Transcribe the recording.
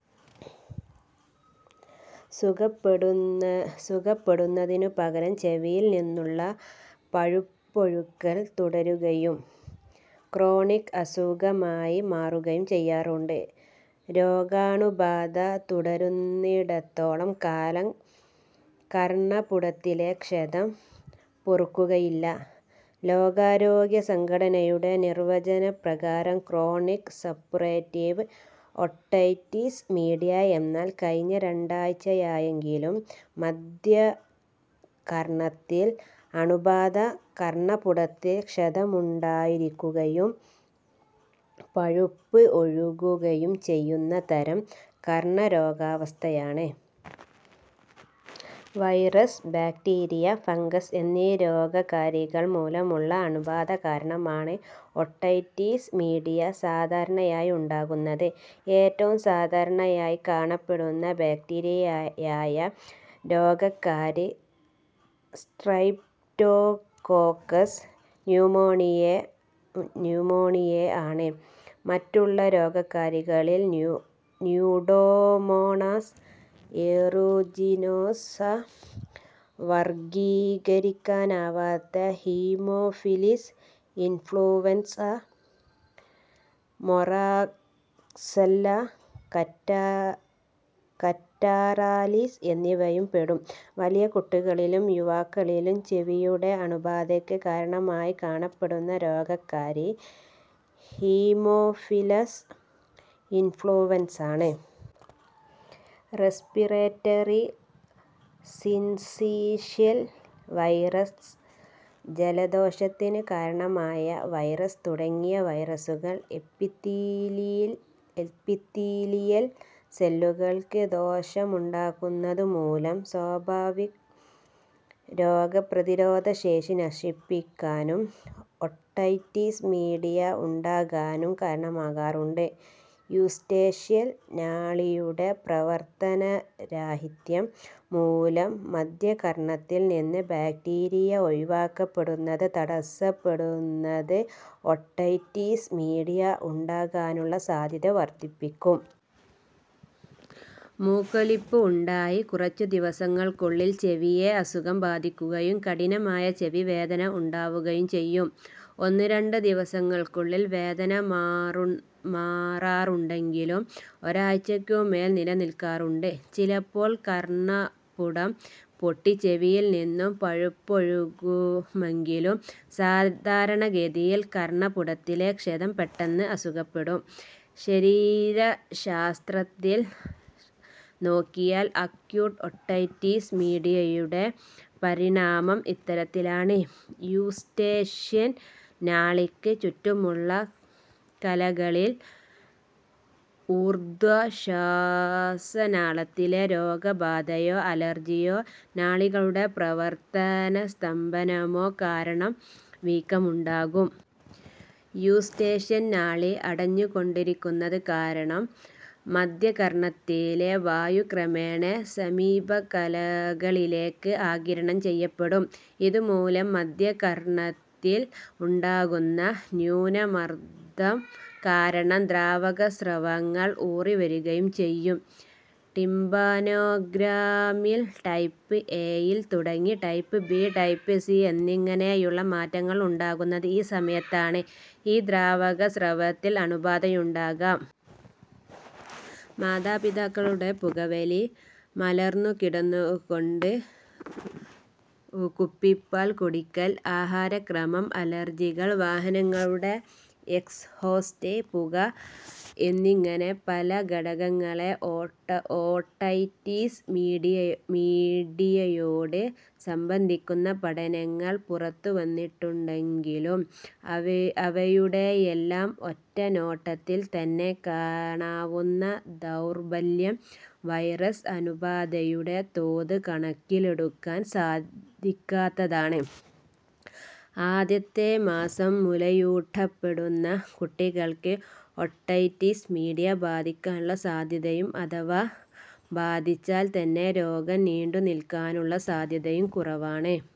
സുഖപ്പെടുന്നതിനു പകരം ചെവിയിൽ നിന്നുള്ള പഴുപ്പൊഴുകൽ തുടരുകയും ക്രോണിക് അസുഖമായി മാറുകയും ചെയ്യാറുണ്ട്. രോഗാണുബാധ തുടരുന്നിടത്തോളം കാലം കർണ്ണപുടത്തിലെ ക്ഷതം പൊറുക്കുകയില്ല. ലോകാരോഗ്യ സംഘടനയുടെ നിർവചനപ്രകാരം ക്രോണിക് സപ്പുറേറ്റീവ് ഓട്ടൈറ്റിസ് മീഡിയ എന്നാൽ "കഴിഞ്ഞ രണ്ടാഴ്ച്ചയായെങ്കിലും മദ്ധ്യകർണ്ണത്തിൽ അണുബാധ കർണ്ണപുടത്തിൽ ക്ഷതമുണ്ടായിരിക്കുകയും, പഴുപ്പ് ഒഴുകുകയും ചെയ്യുന്ന തരം കർണ്ണരോഗാവസ്ഥയാണ്". വൈറസ്, ബാക്ടീരിയ, ഫങ്കസ് എന്നീ രോഗകാരികൾ മൂലമുള്ള അണുബാധ കാരണമാണ് ഓട്ടൈറ്റിസ് മീഡിയ സാധാരണയായി ഉണ്ടാകുന്നത്. ഏറ്റവും സാധാരണയായി കാണപ്പെടുന്ന ബാക്ടീരിയയായ രോഗകാരി സ്ട്രെപ്റ്റോകോക്കസ് ന്യൂമോണിയെ ആണ്. മറ്റുള്ള രോഗകാരികളിൽ ന്യൂഡോമോണാസ് ഏറൂജിനോസ, വർഗ്ഗീകരിക്കാനാവാത്ത ഹീമോഫിലസ് ഇൻഫ്ലുവൻസ, മൊറാക്സെല്ല കറ്റാറാലിസ് എന്നിവയും പെടും. വലിയ കുട്ടികളിലും യുവാക്കളിലും ചെവിയുടെ അണുബാധയ്ക്ക് കാരണമായി കാണപ്പെടുന്ന രോഗകാരി ഹീമോഫിലസ് ഇൻഫ്ലുവൻസാണ്. റെസ്പിറേറ്ററി സിൻസീഷ്യൽ വൈറസ് ജലദോഷത്തിന് കാരണമായ വൈറസ് തുടങ്ങിയ വൈറസുകൾ എപ്പിത്തീലിയൽ സെല്ലുകൾക്ക് ദോഷമുണ്ടാക്കുന്നതു മൂലം സ്വാഭാവിക് രോഗപ്രതിരോധ ശേഷി നശിപ്പിക്കാനും ഓട്ടൈറ്റിസ് മീഡിയ ഉണ്ടാകാനും കാരണമാകാറുണ്ട്. യൂസ്റ്റേഷ്യൻ നാളിയുടെ പ്രവർത്തനരാഹിത്യം, മൂലം മദ്ധ്യകർണ്ണത്തിൽ നിന്ന് ബാക്ടീരിയ ഒഴിവാക്കപ്പെടുന്നത് തടസ്സപ്പെടുന്നത് ഓട്ടൈറ്റിസ് മീഡിയ ഉണ്ടാകാനുള്ള സാധ്യത വർദ്ധിപ്പിക്കും. മൂക്കൊലിപ്പ് ഉണ്ടായി കുറച്ചുദിവസങ്ങൾക്കുള്ളിൽ ചെവിയെ അസുഖം ബാധിക്കുകയും കഠിനമായ ചെവി വേദന ഉണ്ടാവുകയും ചെയ്യും. ഒന്നുരണ്ട് ദിവസങ്ങൾക്കുള്ളിൽ വേദന മാറാറുണ്ടെങ്കിലും ഒരാഴ്ച്ചയ്ക്കുമേൽ നിലനില്ക്കാറുമുണ്ട്. ചിലപ്പോൾ കർണ്ണപുടം പൊട്ടി ചെവിയിൽ നിന്നും പഴുപ്പൊഴുകുമെങ്കിലും സാധാരണ ഗതിയിൽ കർണ്ണപുടത്തിലെ ക്ഷതം പെട്ടെന്ന് അസുഖപ്പെടും. ശരീരശാസ്ത്രത്തിൽ നോക്കിയാൽ അക്യൂട്ട് ഓട്ടൈറ്റിസ് മീഡിയയുടെ പരിണാമം ഇത്തരത്തിലാണ്: യൂസ്റ്റേഷ്യൻ നാളിക്ക് ചുറ്റുമുള്ള കലകളിൽ ഊർദ്ധ്വ ശ്വാസനാളത്തിലെ രോഗബാധയോ അലർജ്ജിയോ, നാളിയുടെ പ്രവർത്തനസ്തംഭനമോ കാരണം വീക്കമുണ്ടാകും. യൂസ്റ്റേഷ്യൻ നാളി അടഞ്ഞു കൊണ്ടിരിക്കുന്നത് കാരണം മദ്ധ്യകർണ്ണത്തിലെ വായു ക്രമേണ സമീപകലകളിലേക്ക് ആഗിരണം ചെയ്യപ്പെടും. ഇതുമൂലം മദ്ധ്യകർണ്ണത്തിൽ ഉണ്ടാകുന്ന ന്യൂനമർദ്ദം കാരണം ദ്രാവക സ്രവങ്ങൾ ഊറിവരികയും ചെയ്യും. ടിമ്പാനോഗ്രാമിൽ ടൈപ്പ് എ-യിൽ തുടങ്ങി ടൈപ്പ്-ബി, ടൈപ്പ്-സി എന്നിങ്ങനെയുള്ള മാറ്റങ്ങൾ ഉണ്ടാകുന്നത് ഈ സമയത്താണ്. ഈ ദ്രാവക സ്രവത്തിൽ അണുബാധയുണ്ടാകാം. മാതാപിതാക്കളുടെ പുകവലി, മലർന്നുകിടന്നുകൊണ്ട് കുപ്പിപ്പാൽ കുടിക്കൽ, ആഹാരക്രമം, അലർജികൾ, വാഹനങ്ങളുടെ എക്സ്ഹോസ്റ്റ് പുക എന്നിങ്ങനെ പല ഘടകങ്ങളെ ഓട്ടൈറ്റിസ് മീഡിയയോട് സംബന്ധിപ്പിക്കുന്ന പഠനങ്ങൾ പുറത്തുവന്നിട്ടുണ്ടെങ്കിലും അവയുടെയെല്ലാം ഒറ്റനോട്ടത്തിൽത്തന്നെ കാണാവുന്ന ദൗർബല്യം വൈറസ് അണുബാധയുടെ തോത് കണക്കിലെടുക്കാൻ സാധിക്കാത്തതാണ്. ആദ്യത്തെ മാസം മുലയൂട്ടപ്പെടുന്ന കുട്ടികൾക്ക് ഓട്ടൈറ്റിസ് മീഡിയ ബാധിക്കാനുള്ള സാധ്യതയും അഥവാ ബാധിച്ചാൽത്തന്നെ രോഗം നീണ്ടുനിൽക്കാനുള്ള സാധ്യതയും കുറവാണ്.